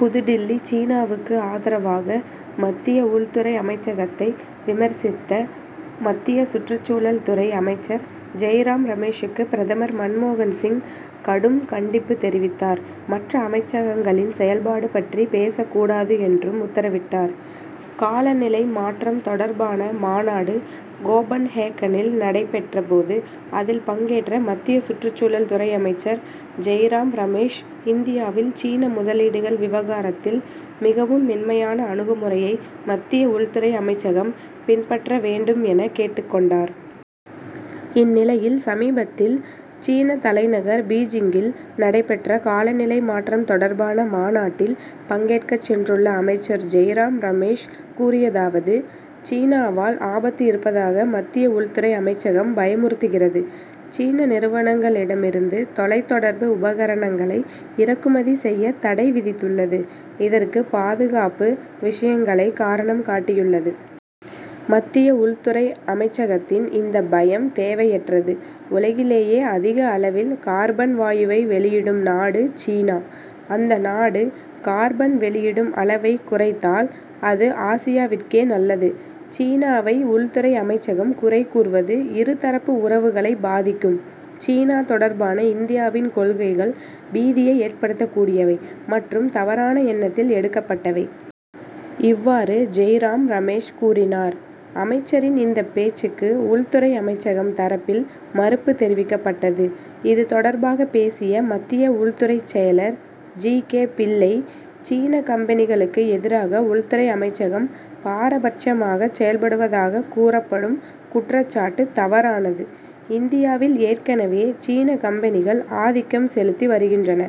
புதுடில்லி சீனாவுக்கு ஆதரவாக மத்திய உள்துறை அமைச்சகத்தை விமர்சித்த மத்திய சுற்றுச்சூழல் துறை அமைச்சர் ஜெய்ராம் ரமேஷுக்கு பிரதமர் மன்மோகன் சிங் கடும் கண்டிப்பு தெரிவித்தார். மற்ற அமைச்சகங்களின் செயல்பாடு பற்றி பேசக்கூடாது என்றும் உத்தரவிட்டார். காலநிலை மாற்றம் தொடர்பான மாநாடு கோபன்ஹேகனில் நடைபெற்ற போது அதில் பங்கேற்ற மத்திய சுற்றுச்சூழல் துறை அமைச்சர் ஜெய்ராம் ரமேஷ் இந்தியாவில் சீன முதலீடுகள் விவகாரத்தில் மிகவும் மென்மையான அணுகுமுறையை மத்திய உள்துறை அமைச்சகம் பின்பற்ற வேண்டும் என கேட்டுக் கொண்டார். இந்நிலையில் சமீபத்தில் சீன தலைநகர் பீஜிங்கில் நடைபெற்ற காலநிலை மாற்றம் தொடர்பான மாநாட்டில் பங்கேற்கச் சென்றுள்ள அமைச்சர் ஜெய்ராம் ரமேஷ் கூறியதாவது சீனாவால் ஆபத்து இருப்பதாக மத்திய உள்துறை அமைச்சகம் பயமுறுத்துகிறது. சீன நிறுவனங்களிடம் இருந்து தொலைத்தொடர்பு உபகரணங்களை இறக்குமதி செய்ய தடை விதித்துள்ளது. இதற்கு பாதுகாப்பு விஷயங்களை காரணம் காட்டியுள்ளது. மத்திய உள்துறை அமைச்சகத்தின் இந்தப் பயம் தேவையற்றது. உலகிலேயே அதிக அளவில் கார்பன் வாயுவை வெளியிடும் நாடு சீனா. அந்த நாடு கார்பன் வெளியிடும் அளவை குறைத்தால் அது ஆசியாவிற்கே நல்லது. சீனாவை உள்துறை அமைச்சகம் குறை கூறுவது இரு தரப்பு உறவுகளை பாதிக்கும். சீனா தொடர்பான இந்தியாவின் கொள்கைகள் பீதியை ஏற்படுத்தக்கூடியவை மற்றும் தவறான எண்ணத்தில் எடுக்கப்பட்டவை. இவ்வாறு ஜெய்ராம் ரமேஷ் கூறினார். அமைச்சரின் இந்தப் பேச்சுக்கு உள்துறை அமைச்சகம் தரப்பில் மறுப்பு தெரிவிக்கப்பட்டது. இது தொடர்பாக பேசிய மத்திய உள்துறைச் செயலர் ஜி. கே. பிள்ளை சீன கம்பெனிகளுக்கு எதிராக உள்துறை அமைச்சகம் பாரபட்சமாகச் செயல்படுவதாகக் கூறப்படும் குற்றச்சாட்டு தவறானது. இந்தியாவில் ஏற்கனவே சீன கம்பெனிகள் ஆதிக்கம் செலுத்தி வருகின்றன.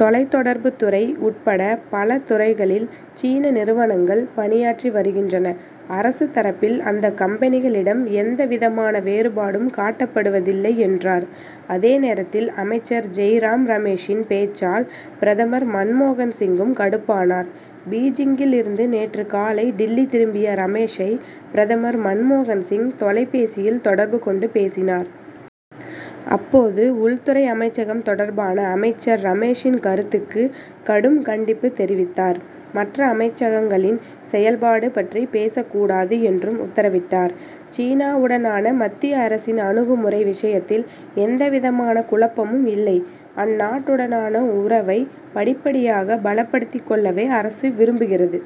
தொலைத்தொடர்புத் துறை உட்பட பல துறைகளில் சீன நிறுவனங்கள் பணியாற்றி வருகின்றன. அரசு தரப்பில் அந்தக் கம்பெனிகளிடம் எந்த விதமான வேறுபாடும் காட்டப்படுவதில்லை என்றார். அதே நேரத்தில் அமைச்சர் ஜெய்ராம் ரமேஷின் பேச்சால் பிரதமர் மன்மோகன் சிங்கும் கடுப்பானார். பீஜிங்கில் இருந்து நேற்று காலை டில்லி திரும்பிய ரமேஷை பிரதமர் மன்மோகன் சிங் தொலைபேசியில் தொடர்பு கொண்டு பேசினார். அப்போது உள்துறை அமைச்சகம் தொடர்பான அமைச்சர் ரமேஷின் கருத்துக்கு கடும் கண்டிப்பு தெரிவித்தார். மற்ற அமைச்சகங்களின் செயல்பாடு பற்றி பேசக்கூடாது என்றும் உத்தரவிட்டார். சீனாவுடனான மத்திய அரசின் அணுகுமுறை விஷயத்தில் எந்த விதமான குழப்பமும் இல்லை. அந்நாட்டுடனான உறவை படிப்படியாக பலப்படுத்திக் கொள்ளவே அரசு விரும்புகிறது.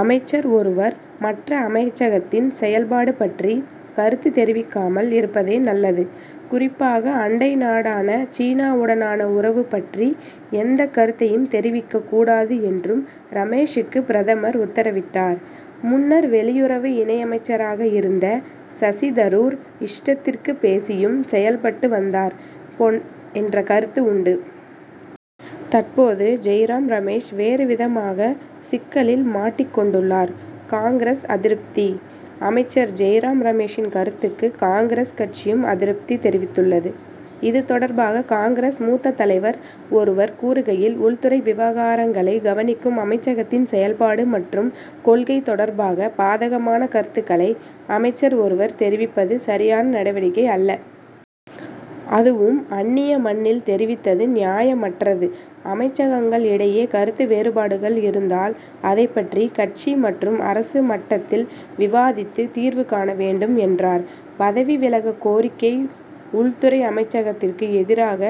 அமைச்சர் ஒருவர் மற்ற அமைச்சகத்தின் செயல்பாடு பற்றி கருத்து தெரிவிக்காமல் இருப்பதே நல்லது. குறிப்பாக அண்டை நாடான சீனாவுடனான உறவு பற்றி எந்தக் கருத்தையும் தெரிவிக்கக்கூடாது என்றும் ரமேஷுக்கு பிரதமர் உத்தரவிட்டார். முன்னர் வெளியுறவு இணையமைச்சராக இருந்த சசி தரூர் இஷ்டத்திற்கு பேசியும் செயல்பட்டு வந்தார் என்ற கருத்து உண்டு. தற்போது ஜெய்ராம் ரமேஷ் வேறு விதமாக சிக்கலில் மாட்டிக் கொண்டுள்ளார். காங்கிரஸ் அதிருப்தி அமைச்சர் ஜெய்ராம் ரமேஷின் கருத்துக்கு காங்கிரஸ் கட்சியும் அதிருப்தி தெரிவித்துள்ளது. இது தொடர்பாக காங்கிரஸ் மூத்த தலைவர் ஒருவர் கூறுகையில் உள்துறை விவகாரங்களை கவனிக்கும் அமைச்சகத்தின் செயல்பாடு மற்றும் கொள்கை தொடர்பாக பாதகமான கருத்துக்களை அமைச்சர் ஒருவர் தெரிவிப்பது சரியான நடவடிக்கை அல்ல. அதுவும் அன்னிய மண்ணில் தெரிவித்தது நியாயமற்றது. அமைச்சகங்கள் இடையே கருத்து வேறுபாடுகள் இருந்தால் அதைப் பற்றி கட்சி மற்றும் அரசு மட்டத்தில் விவாதித்து தீர்வு காண வேண்டும் என்றார். பதவி விலக கோரிக்கை உள்துறை அமைச்சகத்திற்கு எதிராக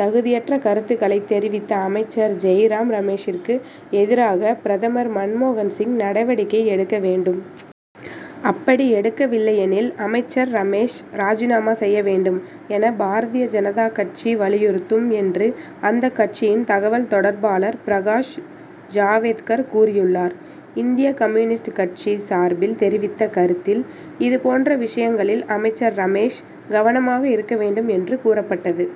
தகுதியற்ற கருத்துக்களைத் தெரிவித்த அமைச்சர் ஜெய்ராம் ரமேஷிற்கு எதிராக பிரதமர் மன்மோகன் சிங் நடவடிக்கை எடுக்க வேண்டும். அப்படி எடுக்கவில்லையெனில் அமைச்சர் ரமேஷ் ராஜினாமா செய்ய வேண்டும் என பாரதிய ஜனதா கட்சி வலியுறுத்தும் என்று அந்தக் கட்சியின் தகவல் தொடர்பாளர் பிரகாஷ் ஜாவேத்கர் கூறியுள்ளார். இந்திய கம்யூ. கட்சி சார்பில் தெரிவித்த கருத்தில் இது போன்ற விஷயங்களில் அமைச்சர் ரமேஷ் கவனமாக இருக்க வேண்டும் என்று கூறப்பட்டது.